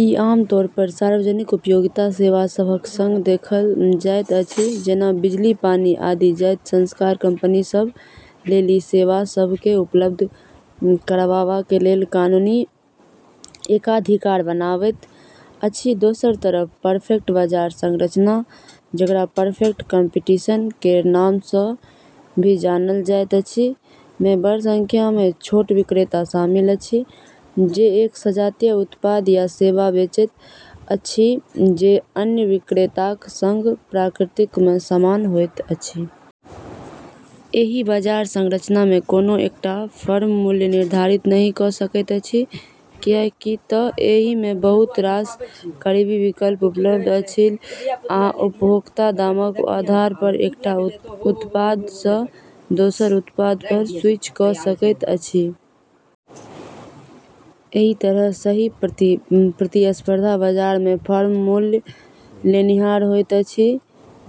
ई आमतौर पर सार्वजनिक उपयोगिता सेवा सभक सँग देखल जाइत अछि, जेना बिजली, पानी आदि जतए सरकार कंपनी सभ लेल ई सेवा सभ केँ उपलब्ध कराबबा लेल कानूनी एकाधिकार बनावैत अछि। दोसर तरफ, परफेक्ट बाजार संरचना जेकरा "परफेक्ट कम्पटीशन" केर नाम सँ भी जानल जाइत अछि, मे बड़ संख्या मे छोट विक्रेता शामिल अछि जे एक सजातीय उत्पाद या सेवा बेचैत अछि जे अन्य विक्रेताक सँग प्रकृति मे समान होइत अछि। एहि बाजार संरचना मे कोनो एकटा फर्म मूल्य निर्धारित नहि कऽ सकैत अछि, किएक तँ एहि मे बहुत रास करीबी विकल्प उपलब्ध अछि, आ उपभोक्ता दामक आधार पर एकटा उत्पाद सँ दोसर उत्पाद पर स्विच कऽ सकैत अछि। एहि तरहें, सही प्रतिस्पर्धा बाजार मे फर्म "मूल्य लेनिहार" होइत अछि,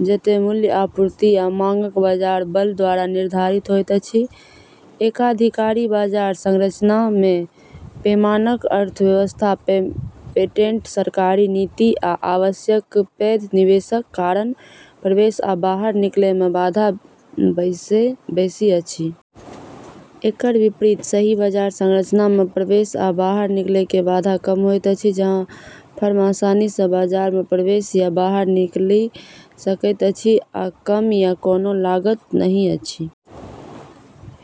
जतए मूल्य आपूर्ति आ मांगक बाजार बल द्वारा निर्धारित होइत अछि। एकाधिकारवादी बाजार संरचना मे, पैमानाक अर्थव्यवस्था, पेटेंट, सरकारी नीति, आ आवश्यक पैघ निवेशक कारण प्रवेश आ बाहर निकलै मे बाधा बेसि अछि। एकर विपरीत, सही बाजार संरचना मे प्रवेश आ बाहर निकलै के बाधा कम होइत अछि, जहाँ फर्म आसानी सँ बाजार मे प्रवेश या बाहर निकली सकैत अछि आ कम या कोनो लागत नहि अछि।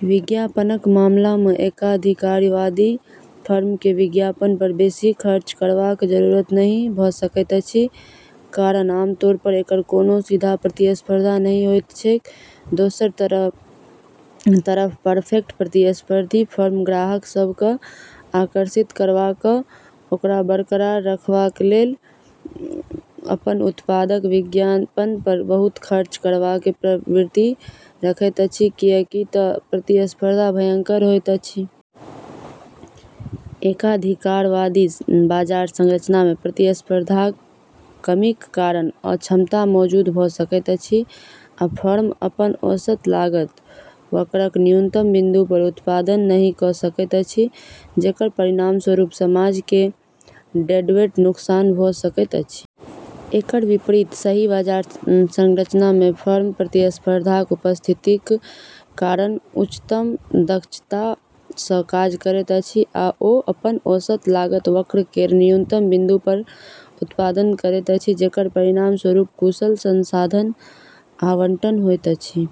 विज्ञापनक मामला मे एकाधिकारवादी फर्म केँ विज्ञापन पर बेसी खर्च करबाक जरूरत नहि भऽ सकैत अछि, कारण आमतौर पर एकर कोनो सीधा प्रतिस्पर्धा नहि होइत छैक। दोसर तरफ परफेक्ट प्रतिस्पर्धी फर्म ग्राहक सभ केँ आकर्षित करबा आ ओकरा बरकरार रखबा लेल अपन उत्पादक विज्ञापन पर बहुत खर्च करबाक प्रवृत्ति रखैत अछि, किएक तँ प्रतिस्पर्धा भयंकर होइत अछि। एकाधिकारवादी बाजार संरचना मे प्रतिस्पर्धाक कमीक कारण अक्षमता मौजूद भऽ सकैत अछि आ फर्म अपन औसत लागत वक्रक न्यूनतम बिंदु पर उत्पादन नहि कऽ सकैत अछि, जेकर परिणामस्वरूप समाज केँ डेडवेट नुकसान भऽ सकैत अछि। एकर विपरीत, सही बाजार संरचना मे फर्म प्रतिस्पर्धाक उपस्थितिक कारण उच्चतम दक्षता सँ काज करैत अछि, आ ओ अपन औसत लागत वक्र केर न्यूनतम बिंदु पर उत्पादन करैत अछि, जेकर परिणामस्वरूप कुशल संसाधन आवंटन होइत अछि।